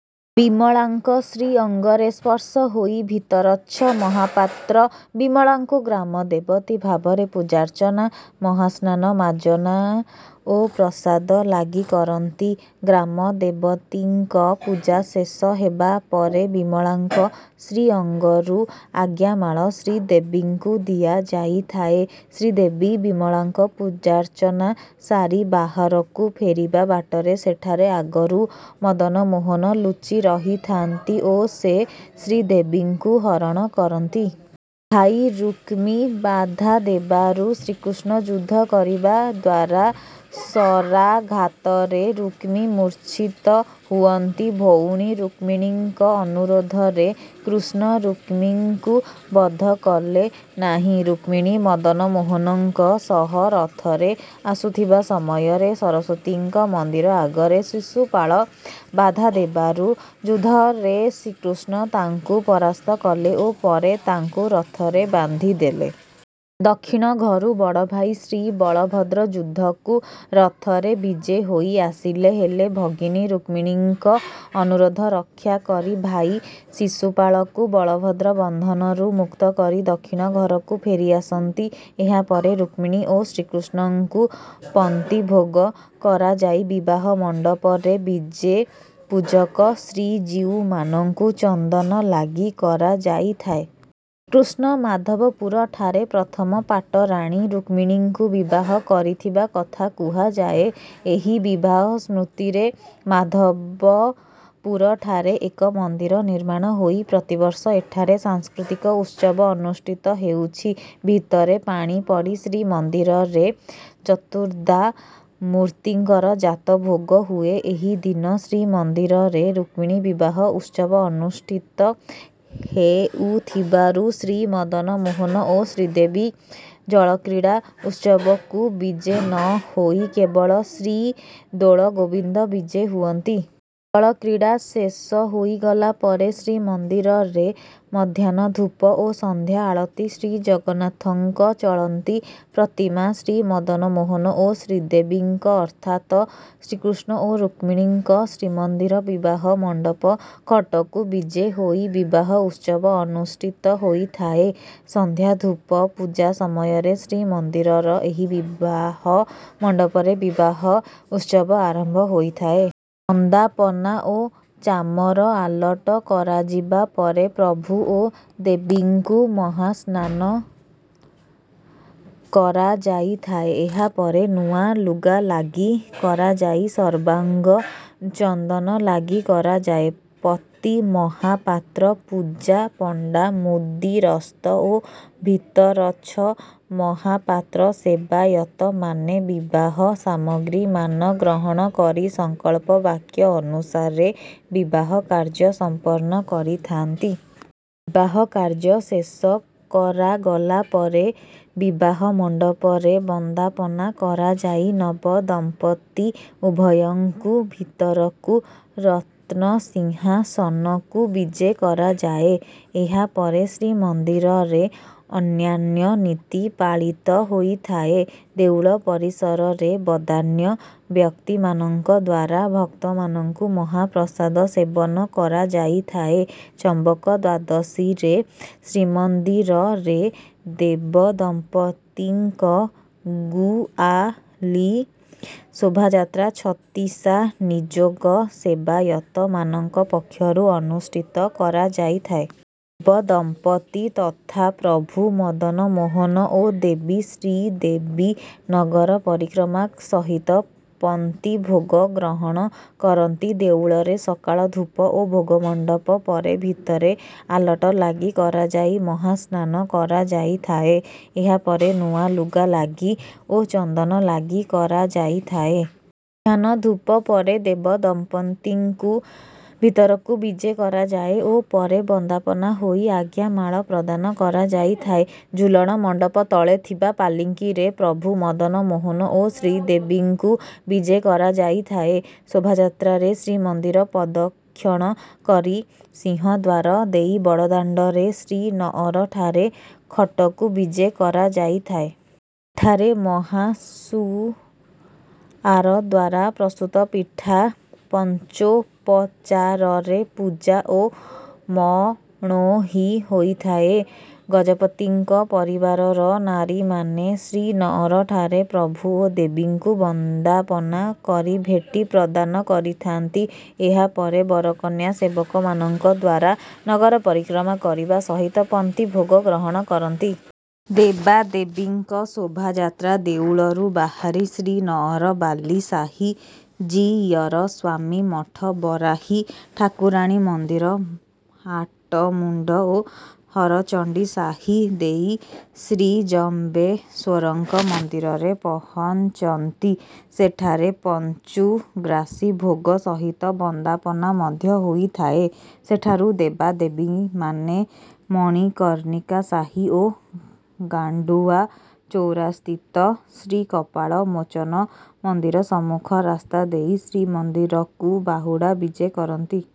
ବିମଳାଙ୍କ ଶ୍ରୀଅଙ୍ଗରେ ସ୍ପର୍ଶ ହୋଇ ଭିତରଛ ମହାପାତ୍ର ବିମଳାଙ୍କୁ ଗ୍ରାମଦେବତୀ ଭାବରେ ପୂଜାର୍ଚ୍ଚନା ମହାସ୍ନାନ ମାର୍ଜନା ଓ ପ୍ରସାଦ ଲାଗି କରନ୍ତି। ଗ୍ରାମଦେବତୀଙ୍କ ପୂଜା ଶେଷ ହେବା ପରେ ବିମଳାଙ୍କ ଶ୍ରୀଅଙ୍ଗରୁ ଆଜ୍ଞାମାଳ ଶ୍ରୀଦେବୀଙ୍କୁ ଦିଆଯାଇଥାଏ। ଶ୍ରୀଦେବୀ ବିମଳାଙ୍କ ପୂଜାର୍ଚ୍ଚନା ସାରି ବାହାରକୁ ଫେରିବା ବାଟରେ ସେଠାରେ ଆଗରୁ ମଦନମୋହନ ଲୁଚି ରହିଥାନ୍ତି ଓ ସେ ଶ୍ରୀଦେବୀଙ୍କୁ ହରଣ କରନ୍ତି। ଭାଇ ରୁକ୍ମୀ ବାଧା ଦେବାରୁ ଶ୍ରୀକୃଷ୍ଣ ଯୁଦ୍ଧ କରିବା ଦ୍ୱାରା ଶରାଘାତରେ ରୁକ୍ମୀ ମୂର୍ଚ୍ଛିତ ହୁଅନ୍ତି। ଭଉଣୀ ରୁକ୍ମିଣୀଙ୍କ ଅନୁରୋଧରେ କୃଷ୍ଣ ରୁକ୍ମୀଙ୍କୁ ବଧ କଲେ ନାହିଁ। ରୁକ୍ମିଣୀ ମଦନମୋହନଙ୍କ ସହ ରଥରେ ଆସୁଥିବା ସମୟରେ ସରସ୍ୱତୀଙ୍କ ମନ୍ଦିର ଆଗରେ ଶିଶୁପାଳ ବାଧା ଦେବାରୁ ଯୁଦ୍ଧରେ ଶ୍ରୀକୃଷ୍ଣ ତାଙ୍କୁ ପରାସ୍ତ କଲେ ଓ ପରେ ତାଙ୍କୁ ରଥରେ ବାନ୍ଧି ଦେଲେ। ଦକ୍ଷିଣ ଘରୁ ବଡ଼ଭାଇ ଶ୍ରୀବଳଭଦ୍ର ଯୁଦ୍ଧକୁ ରଥରେ ବିଜେ ହୋଇ ଆସିଲେ। ହେଲେ ଭଗିନୀ ରୁକ୍ମିଣୀଙ୍କ ଅନୁରୋଧ ରକ୍ଷା କରି ଭାଇ ଶିଶୁପାଳକୁ ବଳଭଦ୍ର ବନ୍ଧନରୁ ମୁକ୍ତ କରି ଦକ୍ଷିଣ ଘରକୁ ଫେରିଆସନ୍ତି। ଏହାପରେ ରୁକ୍ମିଣୀ ଓ ଶ୍ରୀକୃଷ୍ଣଙ୍କୁ ପନ୍ତିଭୋଗ କରାଯାଇ ବିବାହ ମଣ୍ଡପରେ ବିଜେ ପୂଜକ ଶ୍ରୀଜୀଉମାନଙ୍କୁ ଚନ୍ଦନ ଲାଗି କରାଯାଇଥାଏ। କୃଷ୍ଣ ମାଧବପୁରଠାରେ ପ୍ରଥମ ପାଟରାଣୀ ରୁକ୍ମିଣୀଙ୍କୁ ବିବାହ କରିଥିବା କଥା କୁହାଯାଏ। ଏହି ବିବାହ ସ୍ମୃତିରେ ମାଧବପୁରଠାରେ ଏକ ମନ୍ଦିର ନିର୍ମାଣ ହୋଇ ପ୍ରତିବର୍ଷ ଏଠାରେ ସାଂସ୍କୃତିକ ଉତ୍ସବ ଅନୁଷ୍ଠିତ ହେଉଛି। ଭିତରେ ପାଣି ପଡ଼ି ଶ୍ରୀମନ୍ଦିରରେ ଚତୁର୍ଦ୍ଧାମୂର୍ତ୍ତିଙ୍କର ଯାତଭୋଗ ହୁଏ। ଏହିଦିନ ଶ୍ରୀମନ୍ଦିରରେ ରୁକ୍ମିଣୀ ବିବାହ ଉତ୍ସବ ଅନୁଷ୍ଠିତ ହେଉଥିବାରୁ ଶ୍ରୀମଦନମୋହନ ଓ ଶ୍ରୀଦେବୀ ଜଳକ୍ରୀଡ଼ା ଉତ୍ସବକୁ ବିଜେ ନ ହୋଇ କେବଳ ଶ୍ରୀଦୋଳଗୋବିନ୍ଦ ବିଜେ ହୁଅନ୍ତି। ଅଳକ୍ରୀଡ଼ା ଶେଷ ହୋଇଗଲା ପରେ ଶ୍ରୀମନ୍ଦିରରେ ମଧ୍ୟାହ୍ନ ଧୂପ ଓ ସନ୍ଧ୍ୟା ଆଳତି ଶ୍ରୀଜଗନ୍ନାଥଙ୍କ ଚଳନ୍ତି ପ୍ରତିମା ଶ୍ରୀମଦନମୋହନ ଓ ଶ୍ରୀଦେବୀଙ୍କ ଅର୍ଥାତ ଶ୍ରୀକୃଷ୍ଣ ଓ ରୁକ୍ମିଣୀଙ୍କ ଶ୍ରୀମନ୍ଦିର ବିବାହ ମଣ୍ଡପ ଖଟକୁ ବିଜେ ହୋଇ ବିବାହ ଉତ୍ସବ ଅନୁଷ୍ଠିତ ହୋଇଥାଏ। ସନ୍ଧ୍ୟା ଧୂପ ପୂଜା ସମୟରେ ଶ୍ରୀମନ୍ଦିରର ଏହି ବିବାହ ମଣ୍ଡପରେ ବିବାହ ଉତ୍ସବ ଆରମ୍ଭ ହୋଇଥାଏ। ବନ୍ଦାପନା ଓ ଚାମର ଆଲଟ କରାଯିବା ପରେ ପ୍ରଭୁ ଓ ଦେବୀଙ୍କୁ ମହାସ୍ନାନ କରାଯାଇଥାଏ। ଏହାପରେ ନୂଆ ଲୁଗା ଲାଗି କରାଯାଇ ସର୍ବାଙ୍ଗ ଚନ୍ଦନ ଲାଗି କରାଯାଏ। ପତି ମହାପାତ୍ର ପୂଜା ପଣ୍ଡା ମୁଦିରସ୍ତ ଓ ଭିତରଛ ମହାପାତ୍ର ସେବାୟତମାନେ ବିବାହ ସାମଗ୍ରୀମାନ ଗ୍ରହଣ କରି ସଂକଳ୍ପ ବାକ୍ୟ ଅନୁସାରେ ବିବାହ କାର୍ଯ୍ୟ ସମ୍ପନ୍ନ କରିଥାନ୍ତି। ବିବାହ କାର୍ଯ୍ୟ ଶେଷ କରାଗଲା ପରେ ବିବାହ ମଣ୍ଡପରେ ବନ୍ଦାପନା କରାଯାଇ ନବଦମ୍ପତି ଉଭୟଙ୍କୁ ଭିତରକୁ ରତ୍ନସିଂହାସନକୁ ବିଜେ କରାଯାଏ। ଏହା ପରେ ଶ୍ରୀମନ୍ଦିରରେ ଅନ୍ୟାନ୍ୟ ନୀତି ପାଳିତ ହୋଇଥାଏ। ଦେଉଳ ପରିସରରେ ବଦାନ୍ୟ ବ୍ୟକ୍ତିମାନଙ୍କ ଦ୍ୱାରା ଭକ୍ତମାନଙ୍କୁ ମହାପ୍ରସାଦ ସେବନ କରାଯାଇଥାଏ। ଚମ୍ବକ ଦ୍ୱାଦଶୀରେ ଶ୍ରୀମନ୍ଦିରରେ ଦେବଦମ୍ପତିଙ୍କ ଗୁଆଲି ଶୋଭାଯାତ୍ରା ଛତିଶା ନିଯୋଗ ସେବାୟତମାନଙ୍କ ପକ୍ଷରୁ ଅନୁଷ୍ଠିତ କରାଯାଇଥାଏ। ବଦମ୍ପତି ତଥା ପ୍ରଭୁ ମଦନମୋହନ ଓ ଦେବୀ ଶ୍ରୀଦେବୀ ନଗର ପରିକ୍ରମା ସହିତ ପନ୍ତିଭୋଗ ଗ୍ରହଣ କରନ୍ତି। ଦେଉଳରେ ସକାଳ ଧୂପ ଓ ଭୋଗମଣ୍ଡପ ପରେ ଭିତରେ ଆଲଟ ଲାଗି କରାଯାଇ ମହାସ୍ନାନ କରାଯାଇଥାଏ। ଏହାପରେ ନୂଆ ଲୁଗା ଲାଗି ଓ ଚନ୍ଦନ ଲାଗି କରାଯାଇଥାଏ। ୟାନ ଧୂପ ପରେ ଦେବଦମ୍ପତିଙ୍କୁ ଭିତରକୁ ବିଜେ କରାଯାଏ ଓ ପରେ ବନ୍ଦାପନା ହୋଇ ଆଜ୍ଞାମାଳ ପ୍ରଦାନ କରାଯାଇଥାଏ। ଝୁଲଣ ମଣ୍ଡପ ତଳେ ଥିବା ପାଲିଙ୍କିରେ ପ୍ରଭୁ ମଦନମୋହନ ଓ ଶ୍ରୀଦେବୀଙ୍କୁ ବିଜେ କରାଯାଇଥାଏ। ଶୋଭାଯାତ୍ରାରେ ଶ୍ରୀମନ୍ଦିର ପ୍ରଦକ୍ଷଣ କରି ସିଂହଦ୍ୱାର ଦେଇ ବଡ଼ଦାଣ୍ଡରେ ଶ୍ରୀନଅରଠାରେ ଖଟକୁ ବିଜେ କରାଯାଇଥାଏ। ଠାରେ ମହାସୁଆର ଦ୍ୱାରା ପ୍ରସ୍ତୁତ ପିଠା ପଞ୍ଚୋପଚାରରେ ପୂଜା ଓ ମଣୋହି ହୋଇଥାଏ। ଗଜପତିଙ୍କ ପରିବାରର ନାରୀମାନେ ଶ୍ରୀନଅରଠାରେ ପ୍ରଭୁ ଓ ଦେବୀଙ୍କୁ ବନ୍ଦାପନା କରି ଭେଟି ପ୍ରଦାନ କରିଥାନ୍ତି। ଏହାପରେ ବରକନ୍ୟା ସେବକମାନଙ୍କ ଦ୍ୱାରା ନଗର ପରିକ୍ରମା କରିବା ସହିତ ପନ୍ତିଭୋଗ ଗ୍ରହଣ କରନ୍ତି। ଦେବାଦେବୀଙ୍କ ଶୋଭାଯାତ୍ରା ଦେଉଳରୁ ବାହାରି ଶ୍ରୀନଅର ବାଲିସାହି ଜିୟରସ୍ୱାମୀ ମଠ ବରାହୀ ଠାକୁରାଣୀ ମନ୍ଦିର ହାଟମୁଣ୍ଡ ଓ ହରଚଣ୍ଡୀ ସାହି ଦେଇ ଶ୍ରୀଜମ୍ବେଶ୍ୱରଙ୍କ ମନ୍ଦିରରେ ପହଞ୍ଚନ୍ତି। ସେଠାରେ ପଞ୍ଚୁଗ୍ରାସୀ ଭୋଗ ସହିତ ବନ୍ଦାପନା ମଧ୍ୟ ହୋଇଥାଏ। ସେଠାରୁ ଦେବାଦେବୀମାନେ ମଣିକର୍ଣ୍ଣିକା ସାହି ଓ ଗାଣ୍ଡୁଆ ଚୌରାସ୍ଥିତ ଶ୍ରୀକପାଳମୋଚନ ମନ୍ଦିର ସମ୍ମୁଖ ରାସ୍ତା ଦେଇ ଶ୍ରୀମନ୍ଦିରକୁ ବାହୁଡ଼ା ବିଜେ କରନ୍ତି।